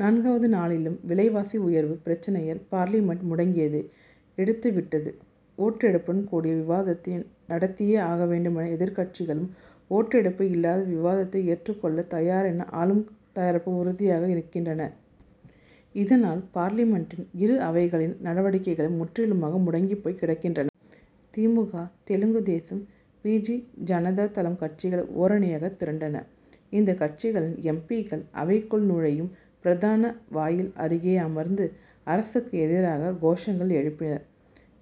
நான்காவது நாளிலும் விலைவாசி உயர்வு பிரச்னையால் பார்லிமென்ட் முடங்கியது. எடுத்துவிட்டது. ஓட்டெடுப்புடன் கூடிய விவாதத்தை நடத்தியே ஆக வேண்டுமென எதிர்க்கட்சிகளும், ஓட்டெடுப்பு இல்லாத விவாதத்தை ஏற்றுக் கொள்ள தயாரென ஆளும் தரப்பும் உறுதியாக நிற்கின்றன. இதனால், பார்லிமென்டின் இரு அவைகளின் நடவடிக்கைகளும் முற்றிலுமாக முடங்கிப்போய் கிடக்கின்றன. தி. மு. க., தெலுங்கு தேசம், பிஜுஜனதா தளம் கட்சிகள் ஓரணியாக திரண்டன. இந்த கட்சிகளின் எம். பி.,க்கள் அவைக்குள் நுழையும் பிரதான வாயில் அருகே அமர்ந்து, அரசுக்கு எதிராக கோஷங்கள் எழுப்பினர்.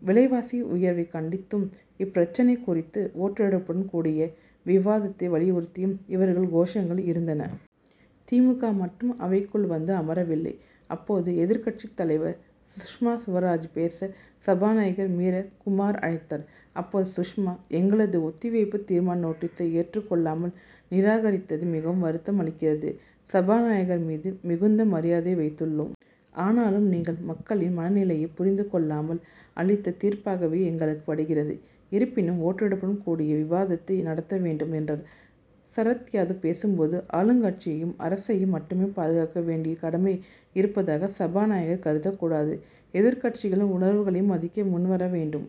விலைவாசி உயர்வை கண்டித்தும் இப்பிரச்னை குறித்து ஓட்டெடுப்புடன் கூடிய விவாதத்தை வலியுறுத்தியும் இவர்கள் கோஷங்கள் இருந்தன. தி. மு. க.,வும் மட்டும் அவைக்குள் வந்து அமரவில்லை. அப்போது, எதிர்க்கட்சித் தலைவர் சுஷ்மா சுவராஜை பேச சபாநாயகர் மீர குமார் அழைத்தார். அப்போது சுஷ்மா, "எங்களது ஒத்திவைப்பு தீர்மான நோட்டீசை ஏற்றுக் கொள்ளாமல் நிராகரித்தது மிகவும் வருத்தமளிக்கிறது. சபாநாயகர் மீது மிகுந்த மரியாதை வைத்துள்ளோம். ஆனாலும் நீங்கள் மக்களின் மனநிலையை புரிந்து கொள்ளாமல் அளித்த தீர்ப்பாகவே எங்களுக்கு படுகிறது. இருப்பினும் ஓட்டெடுப்புடன் கூடிய விவாதத்தை நடத்த வேண்டும்' என்றார். சரத் யாதவ் பேசும்போது, "ஆளுங்கட்சியையும், அரசையும் மட்டுமே பாதுகாக்க வேண்டிய கடமை இருப்பதாக சபாநாயகர் கருதக் கூடாது. எதிர்க்கட்சிகளின் உணர்வுகளையும் மதிக்க முன்வர வேண்டும்.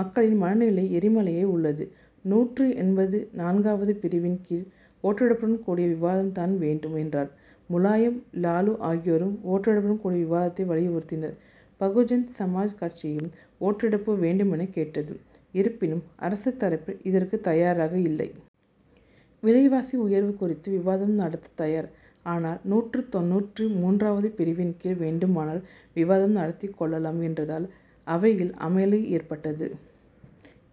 மக்களின் மனநிலை எரிமலையாய் உள்ளது. நூற்று எண்பத்து நான்காவது பிரிவின் கீழ் ஓட்டெடுப்புடன் கூடிய விவாதம் தான் வேண்டும்' என்றார். முலாயம், லாலு ஆகியோரும் ஓட்டெடுப்புடன் கூடிய விவாதத்தை வலியுறுத்தினர். பகுஜன் சமாஜ் கட்சியும் ஓட்டெடுப்பு வேண்டுமென கேட்டது. இருப்பினும் அரசு தரப்பில் இதற்கு தயாராக இல்லை. விலைவாசி உயர்வு குறித்து விவாதம் நடத்த தயார். ஆனால், நூற்று தொண்ணூற்று மூன்றாவது பிரிவின் கீழ் வேண்டுமானால் விவாதம் நடத்திக் கொள்ளலாம்' என்றதால், அவையில் அமளி ஏற்பட்டது.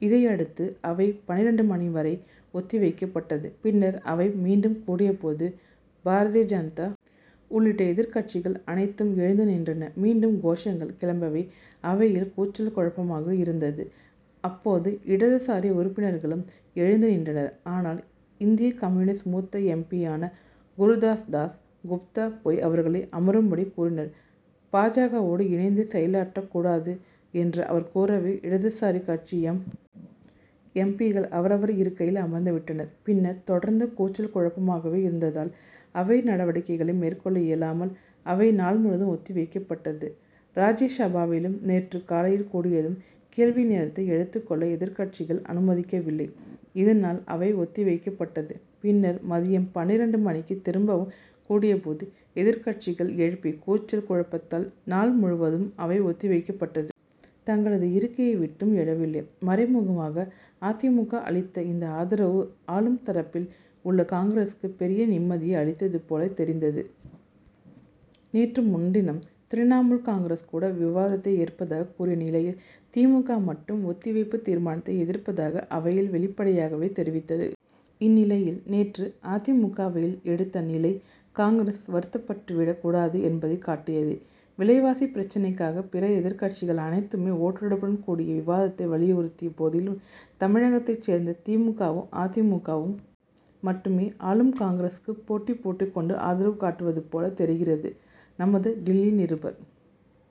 இதையடுத்து அவை பன்னிரண்டு மணி வரை ஒத்தி வைக்கப்பட்டது. பின்னர் அவை மீண்டும் கூடியபோது, பாரதிய ஜனதா உள்ளிட்ட எதிர்க்கட்சிகள் அனைத்தும் எழுந்து நின்றன. மீண்டும் கோஷங்கள் கிளம்பவே அவையில் கூச்சல் குழப்பமாக இருந்தது. அப்போது, இடதுசாரி உறுப்பினர்களும் எழுந்து நின்றனர். ஆனால், இந்திய கம்யூனிஸ்ட் மூத்த எம். பி.,யான குருதாஸ்தாஸ் குப்தா போய் அவர்களை அமரும்படி கூறினார். பா. ஜ.க வோடு இணைந்து செயலாற்றக் கூடாது என்று அவர் கூறவே இடதுசாரி கட்சி எம். எம்பி.,க்கள் அவரவர் இருக்கையில் அமர்ந்துவிட்டனர். பின்னர் தொடர்ந்து கூச்சல் குழப்பமாகவே இருந்ததால் அவை நடவடிக்கைகளை மேற்கொள்ள இயலாமல், அவை நாள் முழுவதும் ஒத்திவைக்கப்பட்டது. ராஜ்யசபாவிலும் நேற்று காலையில் கூடியதும், கேள்வி நேரத்தை எடுத்துக் கொள்ள எதிர்க்கட்சிகள் அனுமதிக்கவில்லை. இதனால் அவை ஒத்திவைக்கப்பட்டது. பின்னர் மதியம் பன்னிரண்டு மணிக்கு திரும்பவும் கூடியபோது எதிர்க்கட்சிகள் எழுப்பிய கூச்சல் குழப்பத்தால், நாள் முழுவதும் அவை ஒத்திவைக்கப்பட்டது. தங்களது இருக்கையை விட்டும் எழவில்லை. மறைமுகமாக அ. தி. மு. க., அளித்த இந்த ஆதரவு, ஆளும் தரப்பில் உள்ள காங்கிரசுக்கு பெரிய நிம்மதியை அளித்ததுபோல தெரிந்தது. நேற்று முன்தினம் திரிணமுல் காங்கிரஸ் கூட விவாதத்தை ஏற்பதாக கூறிய நிலையில், தி. மு. க., மட்டும் ஒத்திவைப்பு தீர்மானத்தை எதிர்ப்பதாக அவையில் வெளிப்படையாகவே தெரிவித்தது. இந்நிலையில், நேற்று அ. தி. மு. க., அவையில் எடுத்த நிலை, காங்கிரஸ் வருத்தப்பட்டுவிட கூடாது என்பதை காட்டியது. விலைவாசி பிரச்னைக்காக பிற எதிர்க்கட்சிகள் அனைத்துமே ஓட்டெடுப்புடன் கூடிய விவாதத்தை வலியுறுத்திய போதிலும், தமிழகத்தைச் சேர்ந்த தி. மு. க.,வும், அ. தி. மு. க.,வும் மட்டுமே ஆளும் காங்கிரசுக்கு போட்டி போட்டுக் கொண்டு ஆதரவு காட்டுவது போல தெரிகிறது. நமது டில்லி நிருபர்